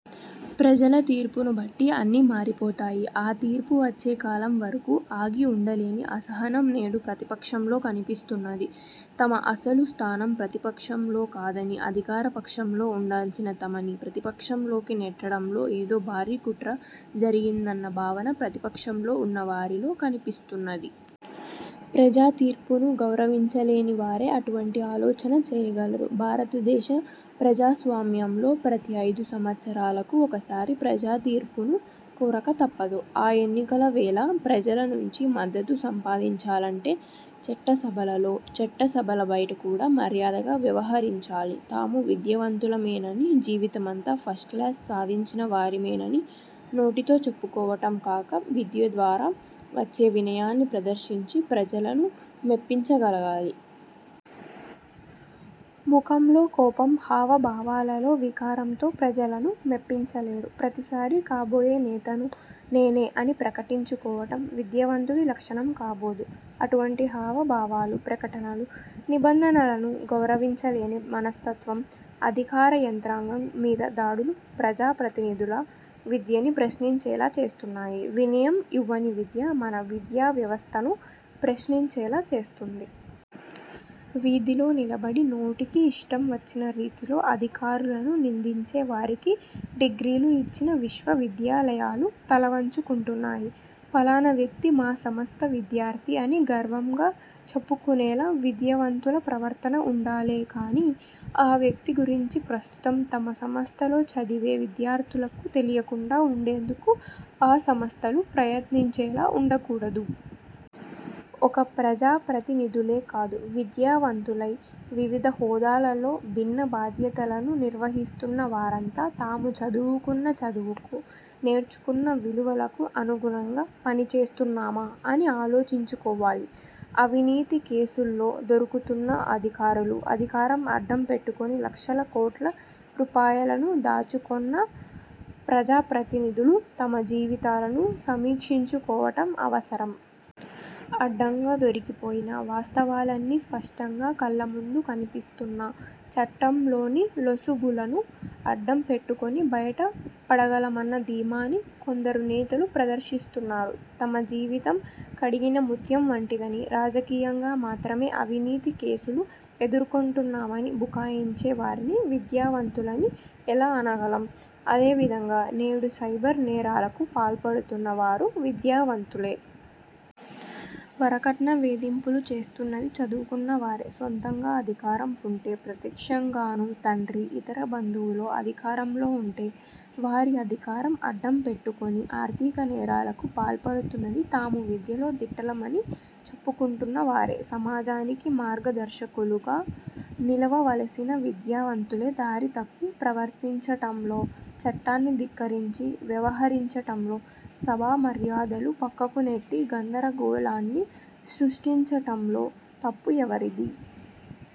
ప్రజల తీర్పును బట్టి అన్నీ మారిపోతాయి. ఆ తీర్పు వచ్చే కాలం వరకు ఆగి వుండలేని అసహనం నేడు ప్రతిపక్షంలో కనిపిస్తున్నది. తమ అసలు స్థానం ప్రతిపక్షంలో కాదని అధికార పక్షంలో వుండాల్సిన తమని ప్రతిపక్షంలోకి నెట్టడంలో ఏదో భారీ కుట్ర జరిగిందన్న భావన ప్రతిపక్షంలో ఉన్న వారిలో కనిపిస్తున్నది. ప్రజా తీర్పుని గౌరవించలేని వారే అటువంటి ఆలోచన చెయ్యగలరు. భారతదేశ ప్రజాస్వామ్యంలో ప్రతి ఐదు సంవత్సరాలకు ఒకసారి ప్రజా తీర్పును కోరక తప్పదు. ఆ ఎన్నికల వేళ ప్రజల నుంచి మద్దతు సంపాదించాలంటే చట్టసభలలో, చట్టసభల బయట కూడా మర్యాదగా వ్యవహరించాలి. తాము విద్యావంతులమేనని, జీవితమంతా ఫస్ట్క్లాస్ సాధించిన వారిమేనని నోటితో చెప్పుకోవటం కాక, విద్య ద్వారా వచ్చే వినయాన్ని ప్రదర్శించి, ప్రజలను మెప్పించగలగాలి. ముఖంలో కోపం, హావభావాలలో వికారంతో ప్రజలను మెప్పించలేరు. ప్రతిసారి కాబోయే నేతను నేనే అని ప్రకటించుకోవటం విద్యావంతుడి లక్షణం కాబోదు. అటువంటి హావభావాలు, ప్రకటనలు, నిబంధనలను గౌరవించలేని మనస్తత్వం, అధికార యంత్రాంగం మీద దాడులు ప్రజాప్రతినిధుల విద్యని ప్రశ్నించేలా చేస్తున్నాయి. వినయం యివ్వని విద్య మన విద్యావ్యవస్థను ప్రశ్నించేలా చేస్తుంది. వీధిలో నిలబడి నోటికి యిష్టం వచ్చిన రీతిలో అధికారులను నిందించే వారికి డిగ్రీలు ఇచ్చిన విశ్వవిద్యాలయాలు తలవంచుకుంటున్నాయి. ఫలానా వ్యక్తి మా సంస్థ విద్యార్థి అని గర్వంగా చెప్పుకునేలా విద్యావంతుల ప్రవర్తన వుండాలే కానీ ఆ వ్యక్తి గురించి ప్రస్తుతం తమ సంస్థలో చదివే విద్యార్థులకు తెలియకుండా వుండేందుకు ఆ సంస్థలు ప్రయత్నించేలా వుండకూడదు. ఒక ప్రజాప్రతినిధులే కాదు విద్యావంతులై, వివిధ హోదాలలో భిన్న బాధ్యతలను నిర్వహిస్తున్న వారంతా తాము చదువుకున్న చదువుకు, నేర్చుకున్న విలువలకు అనుగుణంగా పనిచేస్తున్నామా అని ఆలోచించుకోవాలి. అవినీతి కేసుల్లో దొరుకుతున్న అధికారులు, అధికారం అడ్డం పెట్టుకుని లక్షల కోట్ల రూపాయలను దాచుకున్న ప్రజాప్రతినిధులు తమ జీవితాలను సమీక్షించుకోవటం అవసరం. అడ్డంగా దొరికిపోయినా, వాస్తవాలన్నీ స్పష్టంగా కళ్ళముందు కనిపిస్తున్నా చట్టంలోని లొసుగులను అడ్డం పెట్టుకుని బయటపడగలమన్న ధీమాని కొందరు నేతలు ప్రదర్శిస్తున్నారు. తమ జీవితం కడిగిన ముత్యం వంటిదని, రాజకీయంగా మాత్రమే అవినీతి కేసులు ఎదుర్కొంటున్నామని బుకాయించే వారిని విద్యావంతులని ఎలా అనగలం! అదేవిధంగా నేడు సైబర్ నేరాలకు పాల్పడుతున్న వారు విద్యావంతులే. వరకట్న వేధింపులు చేస్తున్నది చదువుకున్న వారే. సొంతగా అధికారం ఉంటే ప్రత్యక్షంగానూ, తండ్రి, ఇతర బంధువులో అధికారంలో ఉంటే వారి అధికారం అడ్డం పెట్టుకుని ఆర్థిక నేరాలకు పాల్పడుతున్నది తాము విద్యలో దిట్టలమని చెప్పుకుంటున్నవారే. సమాజానికి మార్గదర్శకులుగా నిలవవలసిన విద్యావంతులే దారితప్పి ప్రవర్తించటంలో, చట్టాన్ని ధిక్కరించి వ్యవహరించటంలో, సభా మర్యాదలు పక్కకునెట్టి గందరగోళాన్ని సృష్టించటంలో తప్పు ఎవరిది?